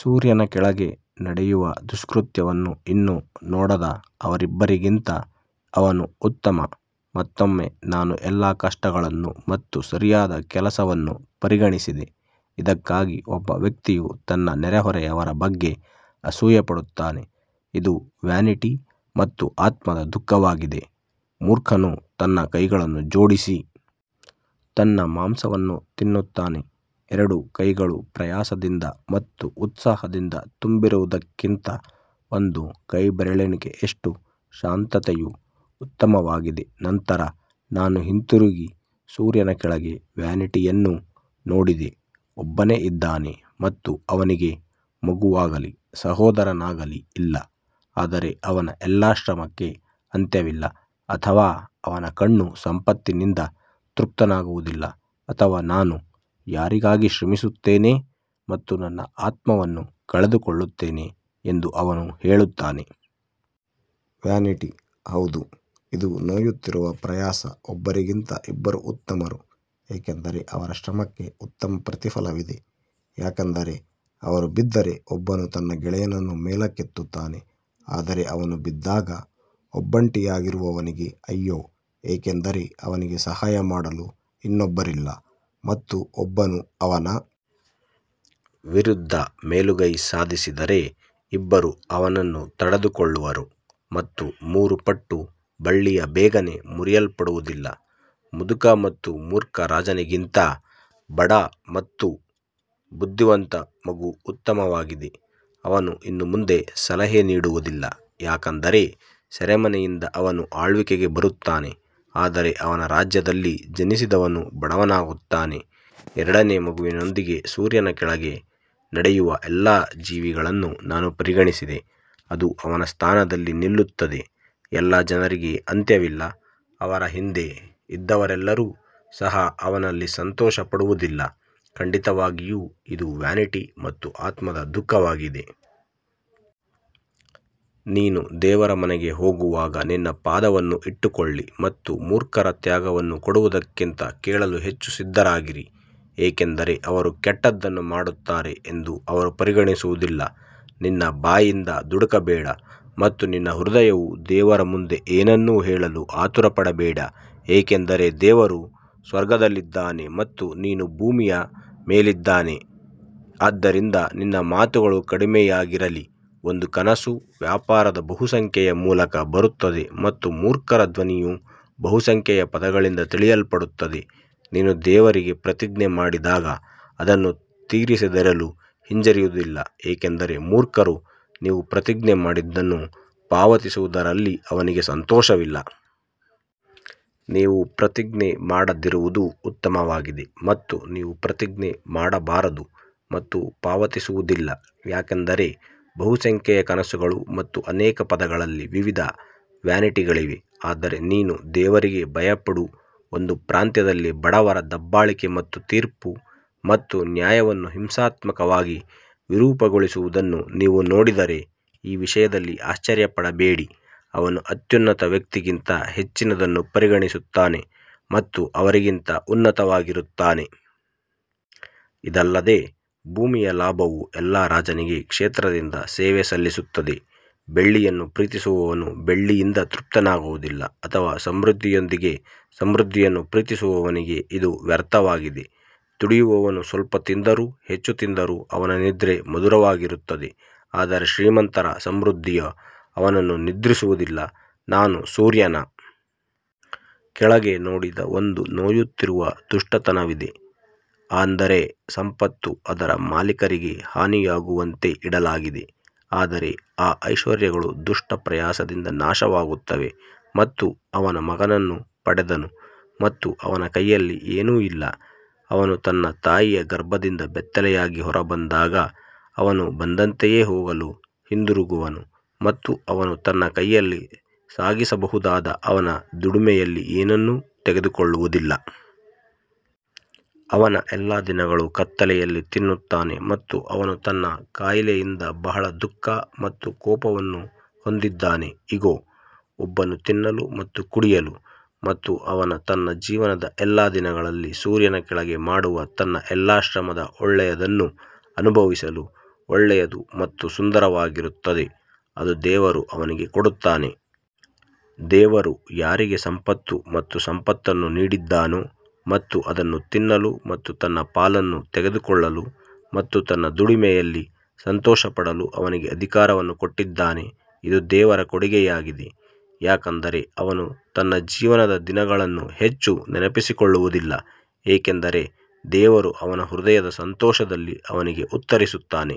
ಸೂರ್ಯನ ಕೆಳಗೆ ನಡೆಯುವ ದುಷ್ಕೃತ್ಯವನ್ನು ಇನ್ನೂ ನೋಡದ ಅವರಿಬ್ಬರಿಗಿಂತ ಅವನು ಉತ್ತಮ. ಮತ್ತೊಮ್ಮೆ ನಾನು ಎಲ್ಲಾ ಕಷ್ಟಗಳನ್ನು ಮತ್ತು ಸರಿಯಾದ ಕೆಲಸವನ್ನು ಪರಿಗಣಿಸಿದೆ, ಇದಕ್ಕಾಗಿ ಒಬ್ಬ ವ್ಯಕ್ತಿಯು ತನ್ನ ನೆರೆಹೊರೆಯವರ ಬಗ್ಗೆ ಅಸೂಯೆಪಡುತ್ತಾನೆ, ಇದು ವ್ಯಾನಿಟಿ ಮತ್ತು ಆತ್ಮದ ದುಃಖವಾಗಿದೆ. ಮೂರ್ಖನು ತನ್ನ ಕೈಗಳನ್ನು ಜೋಡಿಸಿ ತನ್ನ ಮಾಂಸವನ್ನು ತಿನ್ನುತ್ತಾನೆ ಎರಡೂ ಕೈಗಳು ಪ್ರಯಾಸದಿಂದ ಮತ್ತು ಉತ್ಸಾಹದಿಂದ ತುಂಬಿರುವುದಕ್ಕಿಂತ ಒಂದು ಕೈಬೆರಳೆಣಿಕೆಯಷ್ಟು ಶಾಂತತೆಯು ಉತ್ತಮವಾಗಿದೆ ನಂತರ ನಾನು ಹಿಂತಿರುಗಿ ಸೂರ್ಯನ ಕೆಳಗೆ ವ್ಯಾನಿಟಿಯನ್ನು ನೋಡಿದೆ ಒಬ್ಬನೇ ಇದ್ದಾನೆ ಮತ್ತು ಅವನಿಗೆ ಮಗುವಾಗಲಿ ಸಹೋದರನಾಗಲಿ ಇಲ್ಲ, ಆದರೆ ಅವನ ಎಲ್ಲಾ ಶ್ರಮಕ್ಕೆ ಅಂತ್ಯವಿಲ್ಲ ಅಥವಾ ಅವನ ಕಣ್ಣು ಸಂಪತ್ತಿನಿಂದ ತೃಪ್ತನಾಗುವುದಿಲ್ಲ ಅಥವಾ ನಾನು ಯಾರಿಗಾಗಿ ಶ್ರಮಿಸುತ್ತೇನೆ ಮತ್ತು ನನ್ನ ಆತ್ಮವನ್ನು ಕಳೆದುಕೊಳ್ಳುತ್ತೇನೆ ಎಂದು ಅವನು ಹೇಳುತ್ತಾನೆ. ವ್ಯಾನಿಟಿ ಹೌದು ಇದು ನೋಯುತ್ತಿರುವ ಪ್ರಯಾಸ ಒಬ್ಬರಿಗಿಂತ ಇಬ್ಬರು ಉತ್ತಮರು ಏಕೆಂದರೆ ಅವರ ಶ್ರಮಕ್ಕೆ ಉತ್ತಮ ಪ್ರತಿಫಲವಿದೆ ಯಾಕಂದರೆ ಅವರು ಬಿದ್ದರೆ ಒಬ್ಬನು ತನ್ನ ಗೆಳೆಯನನ್ನು ಮೇಲಕ್ಕೆತ್ತುತ್ತಾನೆ ಆದರೆ ಅವನು ಬಿದ್ದಾಗ ಒಬ್ಬಂಟಿಯಾಗಿರುವವನಿಗೆ ಅಯ್ಯೋ, ಏಕೆಂದರೆ ಅವನಿಗೆ ಸಹಾಯ ಮಾಡಲು ಇನ್ನೊಬ್ಬರಿಲ್ಲ. ಮತ್ತು ಒಬ್ಬನು ಅವನ ವಿರುದ್ಧ ಮೇಲುಗೈ ಸಾಧಿಸಿದರೆ ಇಬ್ಬರು ಅವನನ್ನು ತಡೆದುಕೊಳ್ಳುವರು ಮತ್ತು ಮೂರು ಪಟ್ಟು ಬಳ್ಳಿಯು ಬೇಗನೆ ಮುರಿಯಲ್ಪಡುವುದಿಲ್ಲ ಮುದುಕ ಮತ್ತು ಮೂರ್ಖ ರಾಜನಿಗಿಂತ ಬಡ ಮತ್ತು ಬುದ್ಧಿವಂತ ಮಗು ಉತ್ತಮವಾಗಿದೆ, ಅವನು ಇನ್ನು ಮುಂದೆ ಸಲಹೆ ನೀಡುವುದಿಲ್ಲ ಯಾಕಂದರೆ ಸೆರೆಮನೆಯಿಂದ ಅವನು ಆಳ್ವಿಕೆಗೆ ಬರುತ್ತಾನೆ ಆದರೆ ಅವನ ರಾಜ್ಯದಲ್ಲಿ ಜನಿಸಿದವನು ಬಡವನಾಗುತ್ತಾನೆ ಎರಡನೇ ಮಗುವಿನೊಂದಿಗೆ ಸೂರ್ಯನ ಕೆಳಗೆ ನಡೆಯುವ ಎಲ್ಲ ಜೀವಿಗಳನ್ನು ನಾನು ಪರಿಗಣಿಸಿದೆ, ಅದು ಅವನ ಸ್ಥಾನದಲ್ಲಿ ನಿಲ್ಲುತ್ತದೆ ಎಲ್ಲಾ ಜನರಿಗೆ ಅಂತ್ಯವಿಲ್ಲ, ಅವರ ಹಿಂದೆ ಇದ್ದವರೆಲ್ಲರೂ ಸಹ ಅವನಲ್ಲಿ ಸಂತೋಷಪಡುವುದಿಲ್ಲ, ಖಂಡಿತವಾಗಿಯೂ ಇದು ವ್ಯಾನಿಟಿ ಮತ್ತು ಆತ್ಮದ ದುಃಖವಾಗಿದೆ. ನೀನು ದೇವರ ಮನೆಗೆ ಹೋಗುವಾಗ ನಿನ್ನ ಪಾದವನ್ನು ಇಟ್ಟುಕೊಳ್ಳಿ ಮತ್ತು ಮೂರ್ಖರ ತ್ಯಾಗವನ್ನು ಕೊಡುವುದಕ್ಕಿಂತ ಕೇಳಲು ಹೆಚ್ಚು ಸಿದ್ಧರಾಗಿರಿ ಏಕೆಂದರೆ ಅವರು ಕೆಟ್ಟದ್ದನ್ನು ಮಾಡುತ್ತಾರೆ ಎಂದು ಅವರು ಪರಿಗಣಿಸುವುದಿಲ್ಲ. ನಿನ್ನ ಬಾಯಿಂದ ದುಡುಕಬೇಡ ಮತ್ತು ನಿನ್ನ ಹೃದಯವು ದೇವರ ಮುಂದೆ ಏನನ್ನೂ ಹೇಳಲು ಆತುರಪಡಬೇಡ ಏಕೆಂದರೆ ದೇವರು ಸ್ವರ್ಗದಲ್ಲಿದ್ದಾನೆ ಮತ್ತು ನೀನು ಭೂಮಿಯ ಮೇಲಿದ್ದಾನೆ ಆದ್ದರಿಂದ ನಿನ್ನ ಮಾತುಗಳು ಕಡಿಮೆಯಾಗಿರಲಿ ಒಂದು ಕನಸು ವ್ಯಾಪಾರದ ಬಹುಸಂಖ್ಯೆಯ ಮೂಲಕ ಬರುತ್ತದೆ ಮತ್ತು ಮೂರ್ಖರ ಧ್ವನಿಯು ಬಹುಸಂಖ್ಯೆಯ ಪದಗಳಿಂದ ತಿಳಿಯಲ್ಪಡುತ್ತದೆ ನೀನು ದೇವರಿಗೆ ಪ್ರತಿಜ್ಞೆ ಮಾಡಿದಾಗ ಅದನ್ನು ತೀರಿಸದಿರಲು ಹಿಂಜರಿಯುವುದಿಲ್ಲ ಏಕೆಂದರೆ ಮೂರ್ಖರು ನೀವು ಪ್ರತಿಜ್ಞೆ ಮಾಡಿದ್ದನ್ನು ಪಾವತಿಸುವುದರಲ್ಲಿ ಅವನಿಗೆ ಸಂತೋಷವಿಲ್ಲ. ನೀವು ಪ್ರತಿಜ್ಞೆ ಮಾಡದಿರುವುದು ಉತ್ತಮವಾಗಿದೆ ಮತ್ತು ನೀವು ಪ್ರತಿಜ್ಞೆ ಮಾಡಬಾರದು ಮತ್ತು ಪಾವತಿಸುವುದಿಲ್ಲ ಯಾಕಂದರೆ ಬಹುಸಂಖ್ಯೆಯ ಕನಸುಗಳು ಮತ್ತು ಅನೇಕ ಪದಗಳಲ್ಲಿ ವಿವಿಧ ವ್ಯಾನಿಟಿಗಳಿವೆ ಆದರೆ ನೀನು ದೇವರಿಗೆ ಭಯಪಡು ಒಂದು ಪ್ರಾಂತ್ಯದಲ್ಲಿ ಬಡವರ ದಬ್ಬಾಳಿಕೆ ಮತ್ತು ತೀರ್ಪು ಮತ್ತು ನ್ಯಾಯವನ್ನು ಹಿಂಸಾತ್ಮಕವಾಗಿ ವಿರೂಪಗೊಳಿಸುವುದನ್ನು ನೀವು ನೋಡಿದರೆ, ಈ ವಿಷಯದಲ್ಲಿ ಆಶ್ಚರ್ಯಪಡಬೇಡಿ, ಅವನು ಅತ್ಯುನ್ನತ ವ್ಯಕ್ತಿಗಿಂತ ಹೆಚ್ಚಿನದನ್ನು ಪರಿಗಣಿಸುತ್ತಾನೆ ಮತ್ತು ಅವರಿಗಿಂತ ಉನ್ನತನಾಗಿರುತ್ತಾನೆ. ಇದಲ್ಲದೆ ಭೂಮಿಯ ಲಾಭವು ಎಲ್ಲಾ ರಾಜನಿಗೆ ಕ್ಷೇತ್ರದಿಂದ ಸೇವೆ ಸಲ್ಲಿಸುತ್ತದೆ ಬೆಳ್ಳಿಯನ್ನು ಪ್ರೀತಿಸುವವನು ಬೆಳ್ಳಿಯಿಂದ ತೃಪ್ತನಾಗುವುದಿಲ್ಲ ಅಥವಾ ಸಮೃದ್ಧಿಯೊಂದಿಗೆ ಸಮೃದ್ಧಿಯನ್ನು ಪ್ರೀತಿಸುವವನಿಗೆ ಇದು ವ್ಯರ್ಥವಾಗಿದೆ ದುಡಿಯುವವನು ಸ್ವಲ್ಪ ತಿಂದರೂ ಹೆಚ್ಚು ತಿಂದರೂ ಅವನ ನಿದ್ರೆ ಮಧುರವಾಗಿರುತ್ತದೆ ಆದರೆ ಶ್ರೀಮಂತರ ಸಮೃದ್ಧಿಯು ಅವನನ್ನು ನಿದ್ರಿಸುವುದಿಲ್ಲ. ನಾನು ಸೂರ್ಯನ ಕೆಳಗೆ ನೋಡಿದ ಒಂದು ನೋಯುತ್ತಿರುವ ದುಷ್ಟತನವಿದೆ, ಅಂದರೆ ಸಂಪತ್ತು ಅದರ ಮಾಲೀಕರಿಗೆ ಹಾನಿಯಾಗುವಂತೆ ಇಡಲಾಗಿದೆ ಆದರೆ ಆ ಐಶ್ವರ್ಯಗಳು ದುಷ್ಟ ಪ್ರಯಾಸದಿಂದ ನಾಶವಾಗುತ್ತವೆ ಮತ್ತು ಅವನು ಮಗನನ್ನು ಪಡೆದನು ಮತ್ತು ಅವನ ಕೈಯಲ್ಲಿ ಏನೂ ಇಲ್ಲ ಅವನು ತನ್ನ ತಾಯಿಯ ಗರ್ಭದಿಂದ ಬೆತ್ತಲೆಯಾಗಿ ಹೊರಬಂದಾಗ ಅವನು ಬಂದಂತೆಯೇ ಹೋಗಲು ಹಿಂದಿರುಗುವನು ಮತ್ತು ಅವನು ತನ್ನ ಕೈಯಲ್ಲಿ ಸಾಗಿಸಬಹುದಾದ ಅವನ ದುಡಿಮೆಯಲ್ಲಿ ಏನನ್ನೂ ತೆಗೆದುಕೊಳ್ಳುವುದಿಲ್ಲ. ಅವನ ಎಲ್ಲಾ ದಿನಗಳು ಕತ್ತಲೆಯಲ್ಲಿ ತಿನ್ನುತ್ತಾನೆ ಮತ್ತು ಅವನು ತನ್ನ ಕಾಯಿಲೆಯಿಂದ ಬಹಳ ದುಃಖ ಮತ್ತು ಕೋಪವನ್ನು ಹೊಂದಿದ್ದಾನೆ ಇಗೋ, ಒಬ್ಬನು ತಿನ್ನಲು ಮತ್ತು ಕುಡಿಯಲು ಮತ್ತು ಅವನು ತನ್ನ ಜೀವನದ ಎಲ್ಲಾ ದಿನಗಳಲ್ಲಿ ಸೂರ್ಯನ ಕೆಳಗೆ ಮಾಡುವ ತನ್ನ ಎಲ್ಲಾ ಶ್ರಮದ ಒಳ್ಳೆಯದನ್ನು ಅನುಭವಿಸಲು ಒಳ್ಳೆಯದು ಮತ್ತು ಸುಂದರವಾಗಿರುತ್ತದೆ, ಅದು ದೇವರು ಅವನಿಗೆ ಕೊಡುತ್ತಾನೆ. ದೇವರು ಯಾರಿಗೆ ಸಂಪತ್ತು ಮತ್ತು ಸಂಪತ್ತನ್ನು ನೀಡಿದ್ದಾನೋ ಮತ್ತು ಅದನ್ನು ತಿನ್ನಲು ಮತ್ತು ತನ್ನ ಪಾಲನ್ನು ತೆಗೆದುಕೊಳ್ಳಲು ಮತ್ತು ತನ್ನ ದುಡಿಮೆಯಲ್ಲಿ ಸಂತೋಷಪಡಲು ಅವನಿಗೆ ಅಧಿಕಾರವನ್ನು ಕೊಟ್ಟಿದ್ದಾನೆ, ಇದು ದೇವರ ಕೊಡುಗೆಯಾಗಿದೆ. ಯಾಕಂದರೆ ಅವನು ತನ್ನ ಜೀವನದ ದಿನಗಳನ್ನು ಹೆಚ್ಚು ನೆನಪಿಸಿಕೊಳ್ಳುವುದಿಲ್ಲ ಏಕೆಂದರೆ ದೇವರು ಅವನ ಹೃದಯದ ಸಂತೋಷದಲ್ಲಿ ಅವನಿಗೆ ಉತ್ತರಿಸುತ್ತಾನೆ.